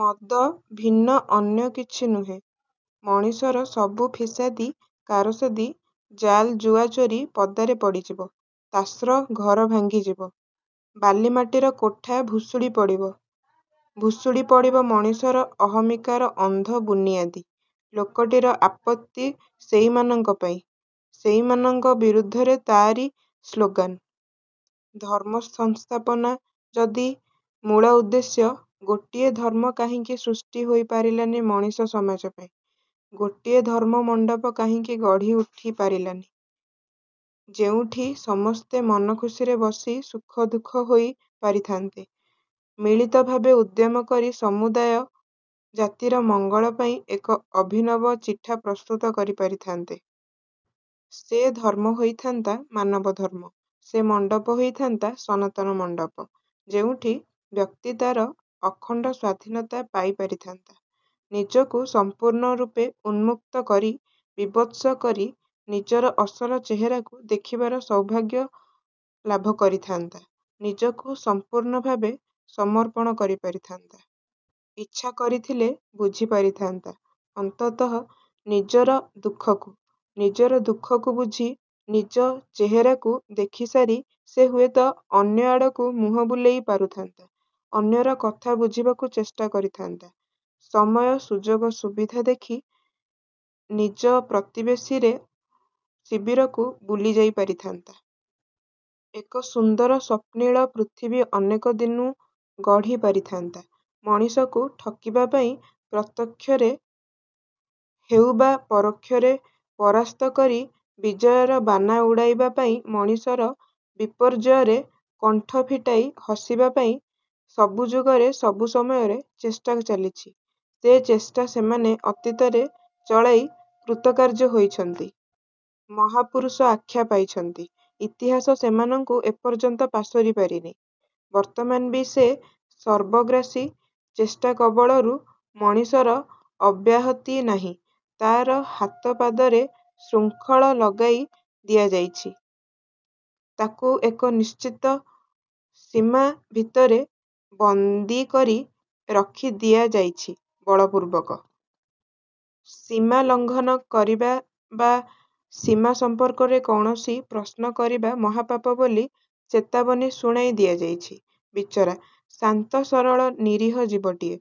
ମଦ ଭିନ୍ନ ଅନ୍ୟ କିଛି ନୁହେଁ। ମଣିଷର ସବୁ ଫିସାଦି କାରସାଦି, ଜାଲ୍ ଜୁଆଚୋରି ପଦାରେ ପଡ଼ିଯିବ। ତାସ୍ର ଘର ଭାଙ୍ଗିଯିବ। ବାଲିମାଟିର କୋଠା ଭୁଷୁଡ଼ି ପଡ଼ିବ। ଭୁଷୁଡ଼ି ପଡ଼ିବ ମଣିଷର ଅହମିକାର ଅନ୍ଧ ବୁନିଆଦି। ଲୋକଟିର ଆପତ୍ତି ସେଇମାନଙ୍କ ପାଇଁ। ସେଇମାନଙ୍କ ବିରୁଦ୍ଧରେ ତା'ରି ସ୍ଳୋଗାନ୍। ଧର୍ମ ସଂସ୍ଥାପନା ଯଦି ମୂଳ ଉଦ୍ଦେଶ୍ୟ, ଗୋଟିଏ ଧର୍ମ କାହିଁକି ସୃଷ୍ଟି ହୋଇ ପାରିଲାନି ମଣିଷ ସମାଜ ପାଇଁ। ଗୋଟିଏ ଧର୍ମ ମଣ୍ଡପ କାହିଁକି ଗଢ଼ି ଉଠି ପାରିଲାନି? ଯେଉଁଠି ସମସ୍ତେ ମନଖୁସିରେ ବସି ସୁଖଦୁଃଖ ହୋଇ ପାରିଥାନ୍ତେ। ମିଳିତଭାବେ ଉଦ୍ୟମ କରି ସମୁଦାୟ ଜାତିର ମଙ୍ଗଳ ପାଇଁ ଏକ ଅଭିନବ ଚିଠା ପ୍ରସ୍ତୁତ କରି ପାରିଥାନ୍ତେ। ସେ ଧର୍ମ ହୋଇଥାନ୍ତା ମାନବ ଧର୍ମ। ସେ ମଣ୍ଡପ ହୋଇଥାନ୍ତା ସନାତନ ମଣ୍ଡପ। ଯେଉଁଠି ବ୍ୟକ୍ତି ତା'ର ଅଖଣ୍ଡ ସ୍ୱାଧୀନତା ପାଇ ପାରିଥାନ୍ତା। ନିଜକୁ ସମ୍ପୂର୍ଣ୍ଣ ରୂପେ ଉନ୍ମୁକ୍ତ କରି, ବିବସ୍ତ୍ର କରି ନିଜର ଅସଲ ଚେହେରାକୁ ଦେଖିବାର ସୌଭାଗ୍ୟ ଲାଭ କରିଥାନ୍ତା। ନିଜକୁ ସମ୍ପୂର୍ଣ୍ଣଭାବେ ସମର୍ପଣ କରିପାରିଥାନ୍ତା। ଇଚ୍ଛା କରିଥିଲେ ବୁଝି ପାରିଥାନ୍ତା ଅନ୍ତତଃ ନିଜର ଦୁଃଖକୁ। ନିଜର ଦୁଃଖକୁ ବୁଝି, ନିଜ ଚେହେରାକୁ ଦେଖିସାରି ସେ ହୁଏତ ଅନ୍ୟଆଡ଼କୁ ମୁହଁ ବୁଲେଇ ପାରୁଥାନ୍ତା। ଅନ୍ୟର କଥା ବୁଝିବାକୁ ଚେଷ୍ଟା କରିଥାନ୍ତା। ସମୟ, ସୁଯୋଗ ସୁବିଧା ଦେଖି ନିଜ ପ୍ରତିବେଶୀର ଶିବିରକୁ ବୁଲିଯାଇ ପାରିଥାନ୍ତା। ଏକ ସୁନ୍ଦର ସ୍ୱପ୍ନିଳ ପୃଥିବୀ ଅନେକ ଦିନୁ ଗଢ଼ି ପାରିଥାନ୍ତା। ମଣିଷକୁ ଠକିବାପାଇଁ, ପ୍ରତ୍ୟେକ୍ଷରେ ହେଉ ବା ପରୋକ୍ଷରେ ପରାସ୍ତ କରି ବିଜୟର ବାନା ଉଡ଼ାଇବା ପାଇଁ, ମଣିଷର ବିପର୍ଯ୍ୟୟରେ କଣ୍ଠ ଫିଟାଇ ହସିବା ପାଇଁ, ସବୁ ଯୁଗରେ ସବୁ ସମୟରେ ଚେଷ୍ଟା ଚାଲିଛି। ସେ ଚେଷ୍ଟା ସେମାନେ ଅତୀତରେ ଚଳାଇ କୃତକାର୍ଯ୍ୟ ହୋଇଛନ୍ତି। ମହାପୁରୁଷ ଆଖ୍ୟା ପାଇଛନ୍ତି। ଇତିହାସ ସେମାନଙ୍କୁ ଏପର୍ଯ୍ୟନ୍ତ ପାସୋରି ପାରିନି। ବର୍ତ୍ତମାନ ବି ସେ ସର୍ବଗ୍ରାସୀ ଚେଷ୍ଟା କବଳରୁ ମଣିଷର ଅବ୍ୟାହତି ନାହିଁ। ତା'ର ହାତ ପାଦରେ ଶୃଙ୍ଖଳ ଲଗାଇ ଦିଆଯାଇଛି। ତାକୁ ଏକ ନିଶ୍ଚିତ ସୀମା ଭିତରେ ବନ୍ଦି କରି ରଖି ଦିଆଯାଇଛି ବଳପୂର୍ବକ। ସୀମା ଲଙ୍ଘନ କରିବା ବା' ସୀମା ସମ୍ପର୍କରେ କୌଣସି ପ୍ରଶ୍ନ କରିବା ମହାପାପ ବୋଲି ଚେତାବନୀ ଶୁଣାଇ ଦିଆଯାଇଛି। ବିଚରା, ଶାନ୍ତ ସରଳ ନିରୀହ ଜୀବଟିଏ!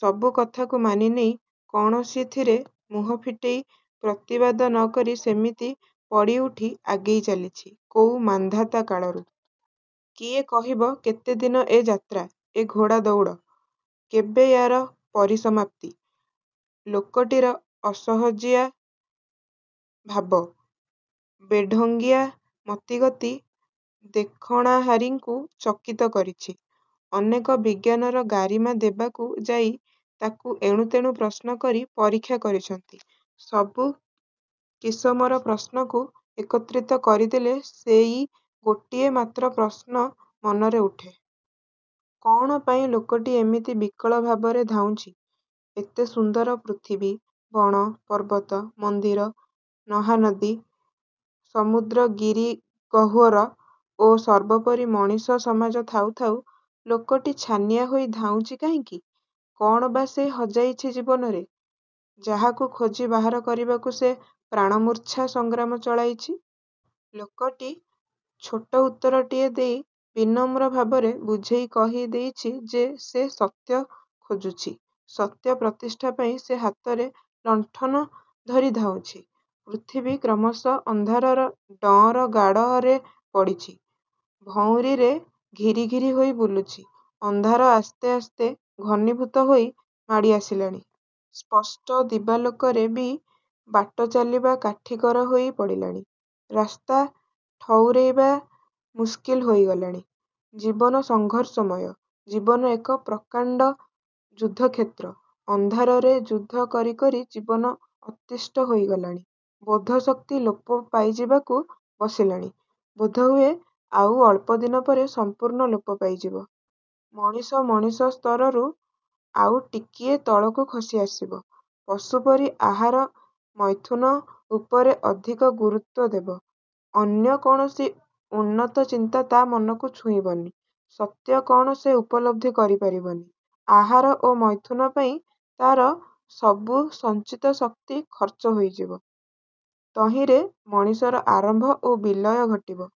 ସବୁ କଥାକୁ ମାନିନେଇ, କୌଣସିଥିରେ ମୁହଁ ଫିଟେଇ ପ୍ରତିବାଦ ନକରି ସେମିତି ପଡ଼ିଉଠି ଆଗେଇ ଚାଲିଛି କୋଉ ମାନ୍ଧାତା କାଳରୁ! କିଏ କହିବ କେତେଦିନ ଏ ଯାତ୍ରା; ଏ ଘୋଡ଼ା ଦଉଡ଼। କେବେ ୟା'ର ପରିସମାପ୍ତି! ଲୋକଟିର ଅସହଜିଆ ଭାବ, ବେଢଙ୍ଗିଆ ମତିଗତି ଦେଖଣାହାରିଙ୍କୁ ଚକିତ କରିଛି। ଅନେକ ବିଜ୍ଞାନର ଗାରିମା ଦେବାକୁ ଯାଇ ତାକୁ ଏଣୁତେଣୁ ପ୍ରଶ୍ନକରି ପରୀକ୍ଷା କରିଛନ୍ତି। ସବୁ କିସମର ପ୍ରଶ୍ନକୁ ଏକତ୍ରିତ କରିଦେଲେ ସେଇ ଗୋଟିଏ ମାତ୍ର ପ୍ରଶ୍ନ ମନରେ ଉଠେ। କ'ଣ ପାଇଁ ଲୋକଟି ଏମିତି ବିକଳ ଭାବରେ ଧାଉଁଛି? ଏତେ ସୁନ୍ଦର ପୃଥିବୀ, ବଣ, ପର୍ବତ, ମନ୍ଦିର, ନହାନଦୀ, ସମୁଦ୍ର ଗିରିଗହ୍ୱର ଓ ସର୍ବୋପରି ମଣିଷ ସମାଜ ଥାଉ ଥାଉ, ଲୋକଟି ଛାନିଆ ହୋଇ ଧାଉଁଛି କାହିଁକି? କ'ଣ ବା' ସେ ହଜାଇଛି ଜୀବନରେ? ଯାହାକୁ ଖୋଜି ବାହାର କରିବାକୁ ସେ ପ୍ରାଣମୂର୍ଚ୍ଛା ସଂଗ୍ରାମ ଚଳାଇଛି। ଲୋକଟି ଛୋଟ ଉତ୍ତରଟିଏ ଦେଇ ବିନମ୍ର ଭାବରେ ବୁଝେଇ କହି ଦେଇଛି ଯେ ସେ ସତ୍ୟ ଖୋଜୁଛି। ସତ୍ୟ ପ୍ରତିଷ୍ଠା ପାଇଁ ସେ ହାତରେ ଲଣ୍ଠନ ଧରି ଧାଉଁଛି। ପୃଥିବୀ କ୍ରମଶଃ ଅନ୍ଧାରର ଡଅଁର ଗାଡ଼ରେ ପଡ଼ିଛି। ଭଉଁରୀରେ ଘିରିଘିରି ହୋଇ ବୁଲୁଛି। ଅନ୍ଧାର ଆସ୍ତେ ଆସ୍ତେ ଘନୀଭୂତ ହୋଇ ମାଡ଼ି ଆସିଲାଣି। ସ୍ପଷ୍ଟ ଦିବାଲୋକରେ ବି ବାଟଚାଲିବା କାଠିକର ହୋଇ ପଡ଼ିଲାଣି। ରାସ୍ତା ଠଉରେଇବା ମୁସ୍କିଲ୍ ହୋଇଗଲାଣି। ଜୀବନ ସଂଘର୍ଷମୟ। ଜୀବନ ଏକ ପ୍ରକାଣ୍ଡ ଯୁଦ୍ଧକ୍ଷେତ୍ର। ଅନ୍ଧାରରେ ଯୁଦ୍ଧ କରିକରି ଜୀବନ ଅତିଷ୍ଟ ହୋଇଗଲାଣି। ବୋଧଶକ୍ତି ଲୋପ ପାଇଯିବାକୁ ବସିଲାଣି। ବୋଧହୁଏ ଆଉ ଅଳ୍ପଦିନ ପରେ ସମ୍ପୂର୍ଣ୍ଣ ଲୋପ ପାଇଯିବ। ମଣିଷ, ମଣିଷ ସ୍ତରରୁ ଆଉ ଟିକିଏ ତଳକୁ ଖସି ଆସିବ-। ପଶୁପରି ଆହାର ମୈଥୁନ ଉପରେ ଅଧିକ ଗୁରୁତ୍ୱ ଦେବ। ଅନ୍ୟ କୌଣସି ଉନ୍ନତ ଚିନ୍ତା ତା' ମନକୁ ଛୁଇଁବନି। ସତ୍ୟ କ'ଣ ସେ ଉପଲବ୍ଧି କରି ପାରିବନି। ଆହାର ଓ ମୈଥୁନ ପାଇଁ ତା'ର ସବୁ ସଞ୍ଚିତ ଶକ୍ତି ଖର୍ଚ୍ଚ ହୋଇଯିବ। ତହିଁରେ ମଣିଷର ଆରମ୍ଭ ଓ ବିଲୟ ଘଟିବ।